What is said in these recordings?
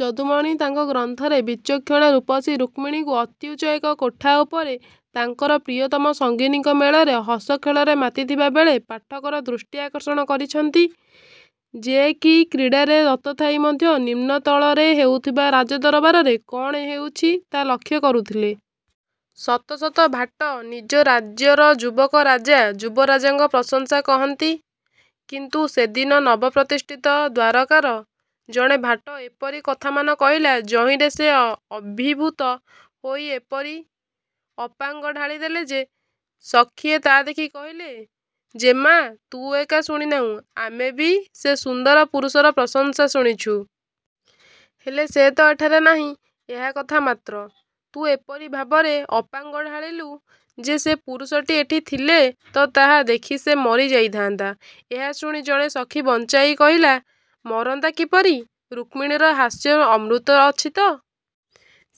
ଯଦୁମଣି ତାଙ୍କ ଗ୍ରନ୍ଥରେ ବିଚକ୍ଷଣା ରୂପସୀ ରୁକ୍ମିଣୀଙ୍କୁ ଅତ୍ୟୁଚ୍ଚ ଏକ କୋଠା ଉପରେ ତାଙ୍କର ପ୍ରିୟତମ ସଙ୍ଗିନୀଙ୍କ ମେଳରେ ହସଖେଳରେ ମାତିଥିବା ବେଳେ ପାଠକର ଦୃଷ୍ଟି ଆକର୍ଷଣ କରିଛନ୍ତି। ଯେ କି କ୍ରୀଡ଼ାରେ ରତ ଥାଇ ମଧ୍ୟ ନିମ୍ନତଳରେ ହେଉଥିବା ରାଜଦରବାରରେ କଣ ହେଉଛି ତା ଲକ୍ଷ୍ୟ କରୁଥିଲେ। ଶତ ଶତ ଭାଟ ନିଜ ରାଜ୍ୟର ଯୁବକ ରାଜା, ଯୁବରାଜଙ୍କ ପ୍ରଶଂସା କହନ୍ତି, କିନ୍ତୁ ସେଦିନ ନବପ୍ରତିଷ୍ଠିତ ଦ୍ୱାରକାର ଜଣେ ଭାଟ ଏପରି କଥାମାନ କହିଲା ଯହିଁରେ ସେ ଅଭିଭୂତ ହୋଇ ଏପରି ଅପାଙ୍ଗ ଢାଳିଦେଲେ ଯେ, ସଖିଏ ତା ଦେଖି କହିଲେ- ଜେମା ତୁ ଏକା ଶୁଣିନାହୁଁ, ଆମେ ବି ସେ ସୁନ୍ଦର ପୁରୁଷର ପ୍ରଶଂସା ଶୁଣିଛୁଁ। ହେଲେ ସେ ତ ଏଠାରେ ନାହିଁ, ଏହା କଥା ମାତ୍ର। ତୁ ଏପରି ଭାବରେ ଅପାଙ୍ଗ ଢାଳିଲୁ ଯେ ସେ ପୁରୁଷଟି ଏଠି ଥିଲେ ତ ତାହା ଦେଖି ସେ ମରି ଯାଇଥାନ୍ତା। ଏହା ଶୁଣି ଜଣେ ସଖି ବଞ୍ଚାଇ କହିଲା-'ମରନ୍ତା କିପରି? ରୁକ୍ମିଣୀର ହାସ୍ୟ ଅମୃତ ଅଛିତ?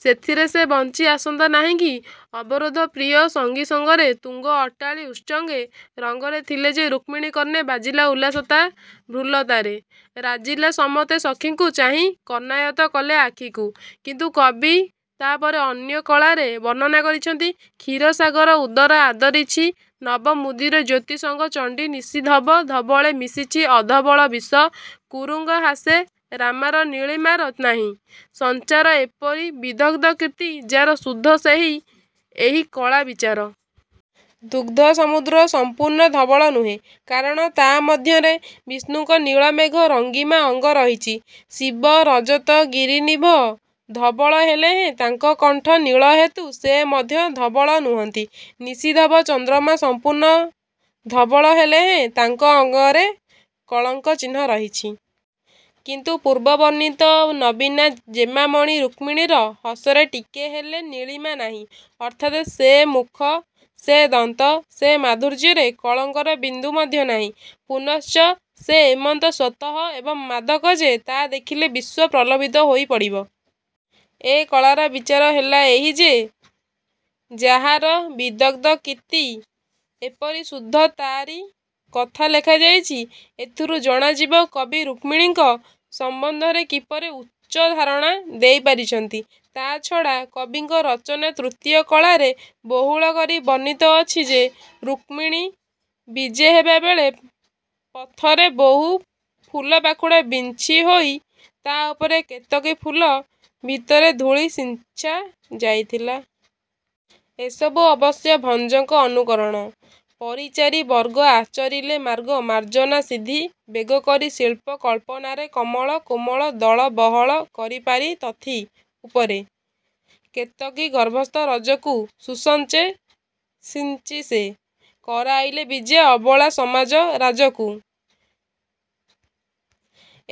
ସେଥିରେ ସେ ବଞ୍ଚି ଆସନ୍ତା ନାହିଁକି? ' ''ଅବରୋଧ ପ୍ରିୟ ସଙ୍ଗିସଙ୍ଗରେ ତୁଙ୍ଗ ଅଟ୍ଟାଳି ଉତ୍ସଙ୍ଗେ ରଙ୍ଗରେ ଥିଲେ ଯେ ରୁକ୍ମିଣୀ କର୍ଣ୍ଣେ ବାଜିଲା ଉଲ୍ଲାସ ତା ଭ୍ରୁଲତାରେ ରାଜିଲା ସମତ୍ତେ ସଖୀଙ୍କୁ ଚାହିଁ କର୍ଣ୍ଣାୟତ୍ତ କଲେ ଆଖିକୁ"। କିନ୍ତୁ କବି ତାପରେ ଅନ୍ୟ କଳାରେ ବର୍ଣ୍ଣନା କରିଛନ୍ତି- କ୍ଷୀର ସାଗର ଉଦର ଆଦରିଛି ନବ ମୁଦିର ଜ୍ୟୋତି ସଙ୍ଗ ଚଣ୍ଡୀ ନିଶିଧବ ଧବଳେ ମିଶିଛି ଅଧବଳ ବିଷ କୁରଙ୍ଗ ହାସେ ରାମାର ନୀଳିମାର ନାହିଁ ସଂଚାର ଏପରି ବିଦଗ୍ଧ କୀର୍ତ୍ତି ଯାର ଶୁଦ୍ଧ ସେହି ଏହି କଳା ବିଚାର। ଦୁଗ୍ଧ ସମୁଦ୍ର ସଂପୂର୍ଣ୍ଣ ଧବଳ ନୁହେଁ। କାରଣ ତା ମଧ୍ୟରେ ବିଷ୍ଣୁଙ୍କ ନୀଳମେଘ ରଙ୍ଗିମା ଅଙ୍ଗ ରହିଛି। ଶିବ ରଜତଗିରିନିଭ ଧବଳ ହେଲେହେଁ ତାଙ୍କ କଣ୍ଠ ନୀଳହେତୁ ସେ ମଧ୍ୟ ଧବଳ ନୁହନ୍ତି। ନିଶିଧବ ଚନ୍ଦ୍ରମା ସଂପୂର୍ଣ୍ଣ ଧବଳ ହେଲେହେଁ, ତାଙ୍କ ଅଙ୍ଗରେ କଳଙ୍କ ଚିହ୍ନ ରହିଛି। କିନ୍ତୁ ପୂର୍ବ ବର୍ଣ୍ଣିତ ନବୀନା ଜେମାମଣି ରୁକ୍ମିଣୀର ହସରେ ଟିକେ ହେଲେ ନୀଳିମା ନାହିଁ। ଅର୍ଥାତ୍ ସେ ମୁଖ, ସେ ଦନ୍ତ, ସେ ମାଧୁର୍ଯ୍ୟରେ କଳଙ୍କର ବିନ୍ଦୁ ମଧ୍ୟ ନାହିଁ। ପୁନଶ୍ଚ ସେ ଏମନ୍ତ ସ୍ୱତଃ ଏବଂ ମାଦକ ଯେ ତା ଦେଖିଲେ ବିଶ୍ୱ ପ୍ରଲୋଭିତ ହୋଇ ପଡ଼ିବ। ଏ କଳାର ବିଚାର ହେଲା ଏହି ଯେ ଯାହାର ବିଦଗ୍ଧ କୀତ୍ତି ଏପରି ଶୁଦ୍ଧ ତା'ରି କଥା ଲେଖାଯାଇଛି। ଏଥିରୁ ଜଣାଯିବ କବି ରୁକ୍ମିଣୀଙ୍କ। ସମ୍ବନ୍ଧରେ କିପରି ଉଚ୍ଚଧାରଣା ଦେଇପାରିଛନ୍ତି? ତାଛଡ଼ା କବିଙ୍କ ରଚନା ତୃତୀୟ କଳାରେ ବହୁଳ କରି ବର୍ଣ୍ଣିତ ଅଛି ଯେ ରୁକ୍ମିଣୀ ବିଜେହେବାବେଳେ ପଥରେ ବହୁ ଫୁଲପାଖୁଡ଼ା ବିଞ୍ଛିହୋଇ ତା ଉପରେ କେତକୀ ଫୁଲ ଭିତର ଧୂଳି ସିଞ୍ଚା ଯାଇଥିଲା। ଏସବୁ ଅବଶ୍ୟ ଭଞ୍ଜଙ୍କ ଅନୁକରଣ। ''ପରିଚାରି ବର୍ଗ ଆଚରିଲେ ମାର୍ଗ ମାର୍ଜନା ସିଦ୍ଧି ବେଗକରି ଶିଳ୍ପ କଳ୍ପନାରେ କମଳ କୋମଳ ଦଳ ବହଳ କରିପାରି ତଥି ଉପରେ, କେତକୀ ଗର୍ଭସ୍ଥ ରଜକୁ ସୁସଞ୍ଚେ ସିଞ୍ଚିସେ କରାଇଲେ ବିଜେ ଅବଳା ସମାଜ ରାଜକୁ।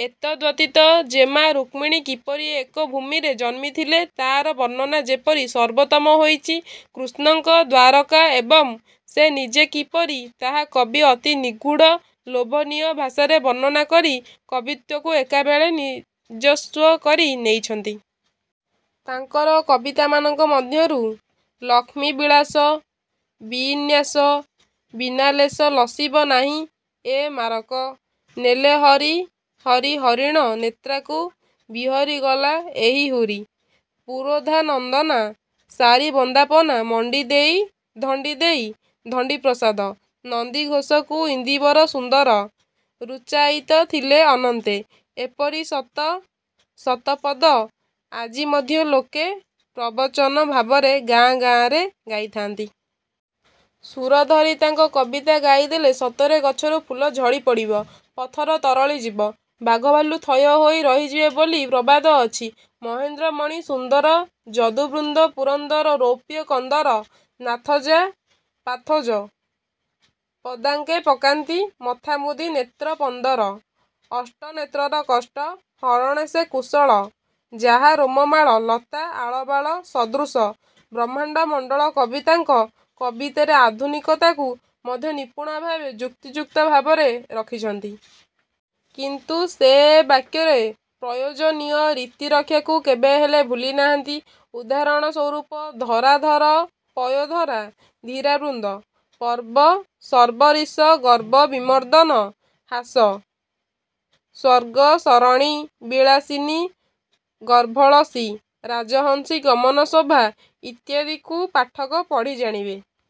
ଏତଦ୍ବ୍ୟତୀତ ଜେମା ରୁକ୍ମିଣୀ କିପରି ଏକ ଭୂମିରେ ଜନ୍ମିଥିଲେ, ତାର ବର୍ଣ୍ଣନା ଯେପରି ସର୍ବୋତ୍ତମ ହୋଇଛି କୃଷ୍ଣଙ୍କର ଦ୍ୱାରକା ଏବଂ ସେ ନିଜେ କିପରି, ତାହା କବି ଅତି ନିଗୂଢ଼, ଲୋଭନୀୟ ଭାଷାରେ ବର୍ଣ୍ଣନା କରି କବିତ୍ୱକୁ ଏକାବେଳେ ନିଜସ୍ୱ କରି ନେଇଛନ୍ତି। ତାଙ୍କର କବିତାମାନଙ୍କ ମଧ୍ୟରୁ- ''ଲକ୍ଷ୍ମୀ ବିଳାସ ବି-ନ୍ୟାସ ବିନାଲେଶ ଲସିବ ନାହିଁ ଏ ମାରକ" ''ନେଲେ ହରି ହରି ହରିଣ ନେତ୍ରାକୁ ବିହରି ଗଲା ଏହି ହୁରି" ''ପୁରୋଧା ନନ୍ଦନା ସାରି ବନ୍ଦାପନା ମଣ୍ଡିଦେଇ ଧଣ୍ଡିଦେଇ ଧଣ୍ଡି-ପ୍ରସାଦ" ''ନନ୍ଦିଘୋଷକୁ ଇନ୍ଦିବର ସୁନ୍ଦର ରୂଚାଇତ ଥିଲେ ଅନନ୍ତେ" -ଏପରି ଶତ ଶତ ପଦ ଆଜି ମଧ୍ୟ ଲୋକେ ପ୍ରବଚନ ଭାବରେ ଗାଁ ଗାଁରେ ଗାଇଥାନ୍ତି। ସୁର ଧରି ତାଙ୍କ କବିତା ଗାଇଦେଲେ ସତରେ ଗଛରୁ ଫୁଲ ଝଡ଼ିପଡ଼ିବ। ପଥର ତରଳିଯିବ, ବାଘଭାଲୁ ଥୟହୋଇ ରହିଯିବେ ବୋଲି ପ୍ରବାଦଅଛି। ମହେନ୍ଦ୍ର ମଣି ସୁନ୍ଦର ଯଦୁବୃନ୍ଦ ପୁରନ୍ଦର ରୌପ୍ୟ କନ୍ଦର ନାଥ ଯା ପାଥୋଜ ପଦାଙ୍କେ ପକାନ୍ତି ମଥାମୁଦି ନେତ୍ର ପନ୍ଦର ଅଷ୍ଟ ନେତ୍ରର କଷ୍ଟ ହରଣେ ସେ କୁଶଳ ଯାହା ରୋମମାଳ ଲତା ଆଳବାଳ ସଦୃଶ ବ୍ରହ୍ମାଣ୍ଡ ମଣ୍ଡଳ କବି ତାଙ୍କ କବିତାରେ ଆଧୁନିକତାକୁ ମଧ୍ୟ ନିପୂଣ ଭାବେ ଯୁକ୍ତିଯୁକ୍ତ ଭାବରେ ରଖିଛନ୍ତି। କିନ୍ତୁ ସେ ଏ କାବ୍ୟରେ ପ୍ରୟୋଜନୀୟ-ରୀତି ରକ୍ଷାକୁ କେବେହେଲେ ଭୁଲିନାହାନ୍ତି। ଉଦାହରଣ ସ୍ୱରୂପ ''ଧରାଧର ପୟୋଧରା ଧୀରାବୃନ୍ଦ, ପର୍ବ ଶର୍ବରୀଶ ଗର୍ବ ବିମର୍ଦ୍ଦନ ହାସ, ସ୍ୱର୍ଗସରଣୀ ବିଳାସିନୀ ଗର୍ଭଳସୀ ରାଜହଂସୀ ଗମନ ଶୋଭା" ଇତ୍ୟାଦିକୁ ପାଠକ ପଢ଼ି ଜାଣିବେ।